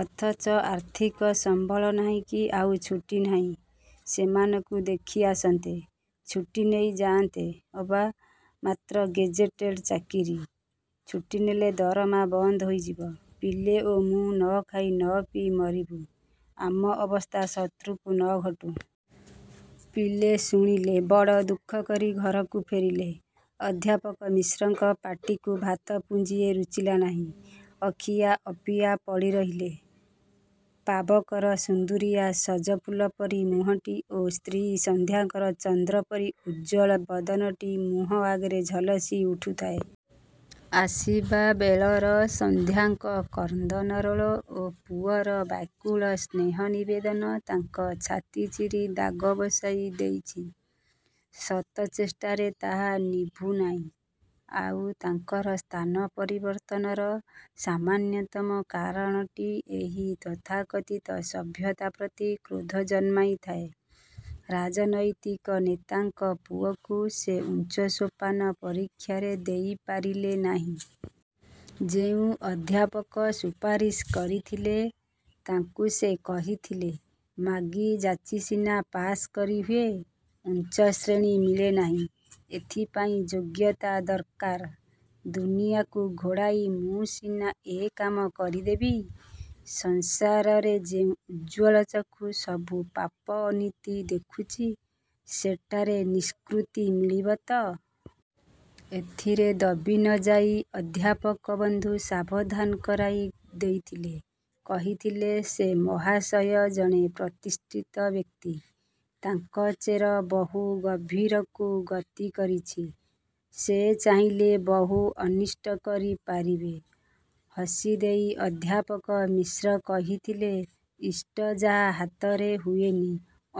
ଅଥଚ ଆର୍ଥିକ ସମ୍ବଳ ନାହିଁ କି ଆଉ ଛୁଟୀ ନାହିଁ ସେମାନଙ୍କୁ ଦେଖି ଆସନ୍ତେ। ଛୁଟୀ ନେଇ ଯାଆନ୍ତେ ଅବା, ମାତ୍ର ଗେଜେଟେଡ଼ ଚାକିରୀ। ଛୁଟି ନେଲେ ଦରମା ବନ୍ଦ ହୋଇଯିବ। ପିଲେ ଓ ମୁଁ ନ ଖାଇ ନ ପିଇ ମରିବୁ। ଆମ ଅବସ୍ଥା ଶତ୍ରୁ କୁ ନ ଘଟୁ। ପିଲେ ଶୁଣିଲେ। ବଡ଼ ଦୁଃଖ କରି ଘରକୁ ଫେରିଲେ। ଅଧ୍ୟାପକ ମିଶ୍ରଙ୍କ ପାଟିକୁ ଭାତ ପୁଞ୍ଜିଏ ରୁଚିଲା ନାହିଁ। ଅଖିଆ ଅପିଆ ପଡ଼ି ରହିଲେ। ପାବକର ସୁନ୍ଦରିଆ ସଜ ଫୁଲ ପରି ମୁହଁଟି ଓ ସ୍ତ୍ରୀ ସନ୍ଧ୍ୟାଙ୍କର ଚନ୍ଦ୍ର ପରି ଉଜ୍ଜ୍ୱଳ ବଦନଟି ମୁହଁ ଆଗରେ ଝଲସି ଉଠୁଥାଏ। ଆସିବାବେଳର ସନ୍ଧ୍ୟାଙ୍କ କ୍ରନ୍ଦନ ରୋଳ ଓ ପୁଅର ବ୍ୟାକୁଳ ସ୍ନେହ ନିବେଦନ ତାଙ୍କ ଛାତି ଚିରି ଦାଗ ବସାଇ ଦେଇଚି। ଶତ ଚେଷ୍ଟାରେ ତାହା ନିଭୁନାହିଁ। ଆଉ ତାଙ୍କର ସ୍ଥାନ ପରିବର୍ତ୍ତନର ସାମାନ୍ୟତମ କାରଣଟି ଏହି ତଥାକଥିତ ସଭ୍ୟତା ପ୍ରତି କ୍ରୋଧ ଜନ୍ମାଇଥାଏ। ରାଜନୈତିକ ନେତାଙ୍କ ପୁଅକୁ ସେ ଉଚ୍ଚ ସୋପାନ ପରୀକ୍ଷାରେ ଦେଇପାରିଲେ ନାହିଁ। ଯେଉଁ ଅଧ୍ୟାପକ ସୁପାରିଶ କରିଥିଲେ, ତାଙ୍କୁ ସେ କହିଥିଲେ-ମାଗି ଯାଚି ସିନା ପାଶ୍ କରି ହୁଏ, ଉଚ୍ଚଶ୍ରେଣୀ ମିଳେ ନାହିଁ। ଏଥିପାଇଁ ଯୋଗ୍ୟତା ଦର୍କାର। ଦୁନିଆକୁ ଘୋଡ଼ାଇ ମୁଁ ସିନା ଏ କାମ କରିଦେବି, ସଂସାରରେ ଯେଉଁ ଉଜ୍ଜ୍ୱଳ ଚକ୍ଷୁ ସବୁ ପାପ ଅନୀତି ଦେଖୁଚି, ସେଠାରେ ନିଷ୍କୃତି ମିଳିବ ତ! ଏଥିରେ ଦବି ନ ଯାଇ ଅଧ୍ୟାପକ ବନ୍ଧୁ ସାବଧାନ କରାଇ ଦେଇଥିଲେ। କହିଥିଲେ-ସେ ମହାଶୟ ଜଣେ ପ୍ରତିଷ୍ଠିତ ବ୍ୟକ୍ତି। ତାଙ୍କ ଚେର ବହୁ ଗଭୀରକୁ ଗତି କରିଚି। ସେ ଚାହିଁଲେ ବହୁ ଅନିଷ୍ଟ କରି ପାରିବେ। ହସି ଦେଇ ଅଧ୍ୟାପକ ମିଶ୍ର କହିଥିଲେ-ଇଷ୍ଟ ଯାହା ହାତରେ ହୁଏନି,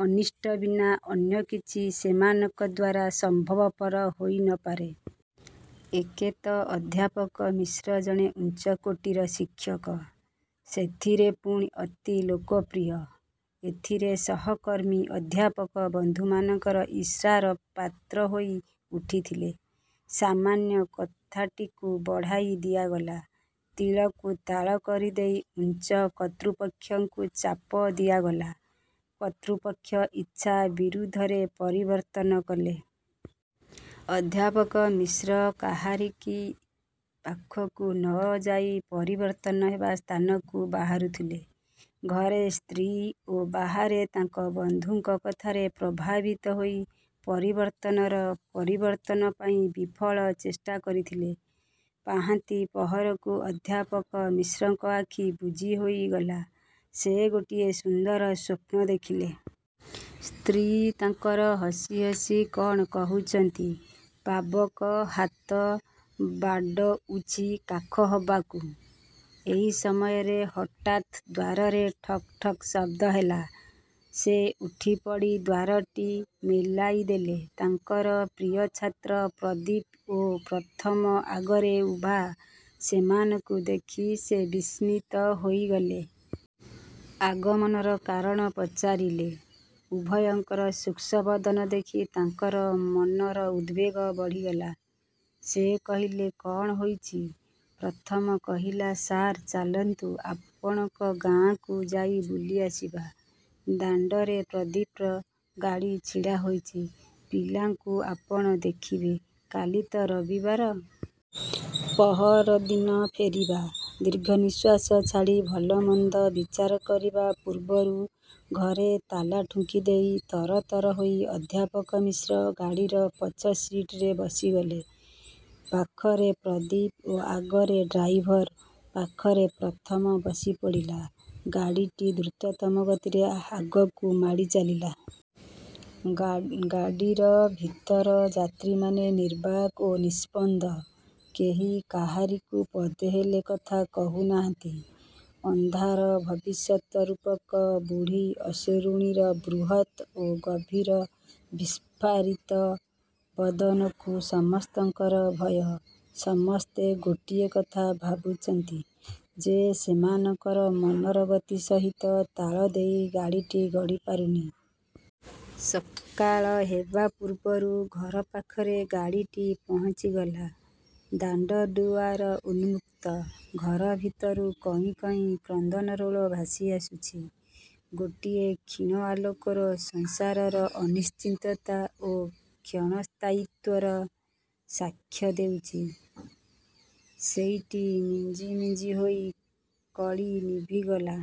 ଅନିଷ୍ଟ ବିନା ଅନ୍ୟ କିଛି ସେମାନଙ୍କ ଦ୍ୱାରା ସମ୍ଭବପର ହୋଇ ନ ପାରେ। ଏକେ ତ ଅଧ୍ୟାପକ ମିଶ୍ର ଜଣେ ଉଚ୍ଚକୋଟୀର ଶିକ୍ଷକ। ସେଥିରେ ପୁଣି ଅତି ଲୋକପ୍ରିୟ। ଏଥିରେ ସହକର୍ମୀ ଅଧ୍ୟାପକ ବନ୍ଧୁମାନଙ୍କର ଈର୍ଷାର ପାତ୍ର ହୋଇ ଉଠିଥିଲେ। ସାମାନ୍ୟ କଥାଟିକୁ ବଢ଼ାଇ ଦିଆଗଲା। ତିଳକୁ ତାଳ କରିଦେଇ ଉଚ୍ଚ କର୍ତ୍ତୃପକ୍ଷଙ୍କୁ ଚାପ ଦିଆଗଲା-। କର୍ତ୍ତୃପକ୍ଷ ଇଚ୍ଛା ବିରୁଦ୍ଧରେ ପରିବର୍ତ୍ତନ କଲେ। ଅଧ୍ୟାପକ ମିଶ୍ର କାହାରି ପାଖକୁ ନ ଯାଇ ପରିବର୍ତ୍ତନ ହେବା ସ୍ଥାନକୁ ବାହାରୁଥିଲେ। ଘରେ ସ୍ତ୍ରୀ ଓ ବାହାରେ ତାଙ୍କ ବନ୍ଧୁଙ୍କ କଥାରେ ପ୍ରଭାବିତ ହୋଇ ପରିବର୍ତ୍ତନର ପରିବର୍ତ୍ତନ ପାଇଁ ବିଫଳ ଚେଷ୍ଟା କରିଥିଲେ। ପାହାନ୍ତି ପହରକୁ ଅଧ୍ୟାପକ ମିଶ୍ରଙ୍କ ଆଖି ବୁଜି ହୋଇଗଲା। ସେ ଗୋଟିଏ ସୁନ୍ଦର ସ୍ୱପ୍ନ ଦେଖିଲେ। ସ୍ତ୍ରୀ ତାଙ୍କର ହସି ହସି କ'ଣ କହୁଚନ୍ତି। ପାବକ ହାତ ବାଡ଼ଉଚି କାଖ ହବାକୁ। ଏଇ ସମୟରେ ହଠାତ୍ ଦ୍ୱାରରେ ଠକ୍ ଠକ୍ ଶବ୍ଦ ହେଲା। ସେ ଉଠିପଡ଼ି ଦ୍ୱାରଟି ମେଲାଇ ଦେଲେ-। ତାଙ୍କର ପ୍ରିୟ ଛାତ୍ର ପ୍ରଦୀପ ଓ ପ୍ରଥମ ଆଗରେ ଉଭା। ସେମାନଙ୍କୁ ଦେଖି ସେ ବିସ୍ମିତ ହୋଇଗଲେ। ଆଗମନର କାରଣ ପଚାରିଲେ। ଉଭୟଙ୍କର ଶୁଷ୍କ ବଦନ ଦେଖି ତାଙ୍କର ମନର ଉଦବେଗ ବଢ଼ିଗଲା। ସେ କହିଲେ-କଣ ହୋଇଚି? ପ୍ରମଥ କହିଲା-ସାର୍, ଚାଲନ୍ତୁ ଆପଣଙ୍କ ଗାଁକୁ ଯାଇ ବୁଲି ଆସିବା। ଦାଣ୍ଡରେ ପ୍ରଦୀପର ଗାଡ଼ି ଛିଡ଼ା ହୋଇଚି। ପିଲାଙ୍କୁ ଆପଣ ଦେଖିବେ। କାଲି ତ ରବିବାର। ପଅର ଦିନ ଫେରିବା। ଦୀର୍ଘ ନିଶ୍ୱାସ ଛାଡ଼ି ଭଲ ମନ୍ଦ ବିଚାର କରିବା ପୂର୍ବରୁ ଘରେ ତାଲା ଠୁଙ୍କିଦେଇ ତରତର ହୋଇ ଅଧ୍ୟାପକ ମିଶ୍ର ଗାଡ଼ିର ପଛ ସିଟରେ ବସିଗଲେ। ପାଖରେ ପ୍ରଦୀପ ଓ ଆଗରେ ଡ୍ରାଇଭର ପାଖରେ ପ୍ରମଥ ବସି ପଡ଼ିଲା। ଗାଡ଼ିଟି ଦ୍ରୁତତମ ଗତିରେ ଆଗକୁ ମାଡ଼ି ଚାଲିଲା। ଗାଡ଼ି ଭିତର ଯାତ୍ରୀମାନେ ନିର୍ବାକ୍ ଓ ନିସ୍ପନ୍ଦ। କେହି କାହାରିକୁ ପଦେ ହେଲେ କଥା କହୁ ନାହାନ୍ତି। ଅନ୍ଧାର ଭବିଷ୍ୟତ ରୂପକ ବୁଢ଼ୀ ଅସୁରୁଣୀର ବୃହତ୍ ଓ ଗଭୀର ବିସ୍ଫାରିତ ବଦନକୁ ସମସ୍ତଙ୍କର ଭୟ। ସମସ୍ତେ ଗୋଟିଏ କଥା ଭାବୁଚନ୍ତି ଯେ ସେମାନଙ୍କର ମନର ଗତି ସହିତ ତାଳ ଦେଇ ଗାଡ଼ିଟି ଗଡ଼ି ପାରୁନି। ସକାଳ ହେବା ପୂର୍ବରୁ ଘର ପାଖରେ ଗାଡ଼ିଟି ପହଞ୍ଚିଗଲା। ଦାଣ୍ଡ ଦୁଆର ଉନ୍ମୁକ୍ତ। ଘର ଭିତରୁ କଇଁ କଇଁ କ୍ରନ୍ଦନରୋଳ ଭାସି ଆସୁଚି। ଗୋଟିଏ କ୍ଷୀଣ ଆଲୋକ ସଂସାରର ଅନିଶ୍ଚିତତା ଓ କ୍ଷଣ ସ୍ଥାୟିତ୍ୱର ସାକ୍ଷ୍ୟ ଦେଉଚି। ସେଇଟି ମିଞ୍ଜି ମିଞ୍ଜି ହୋଇ କଳି ନିଭିଗଲା।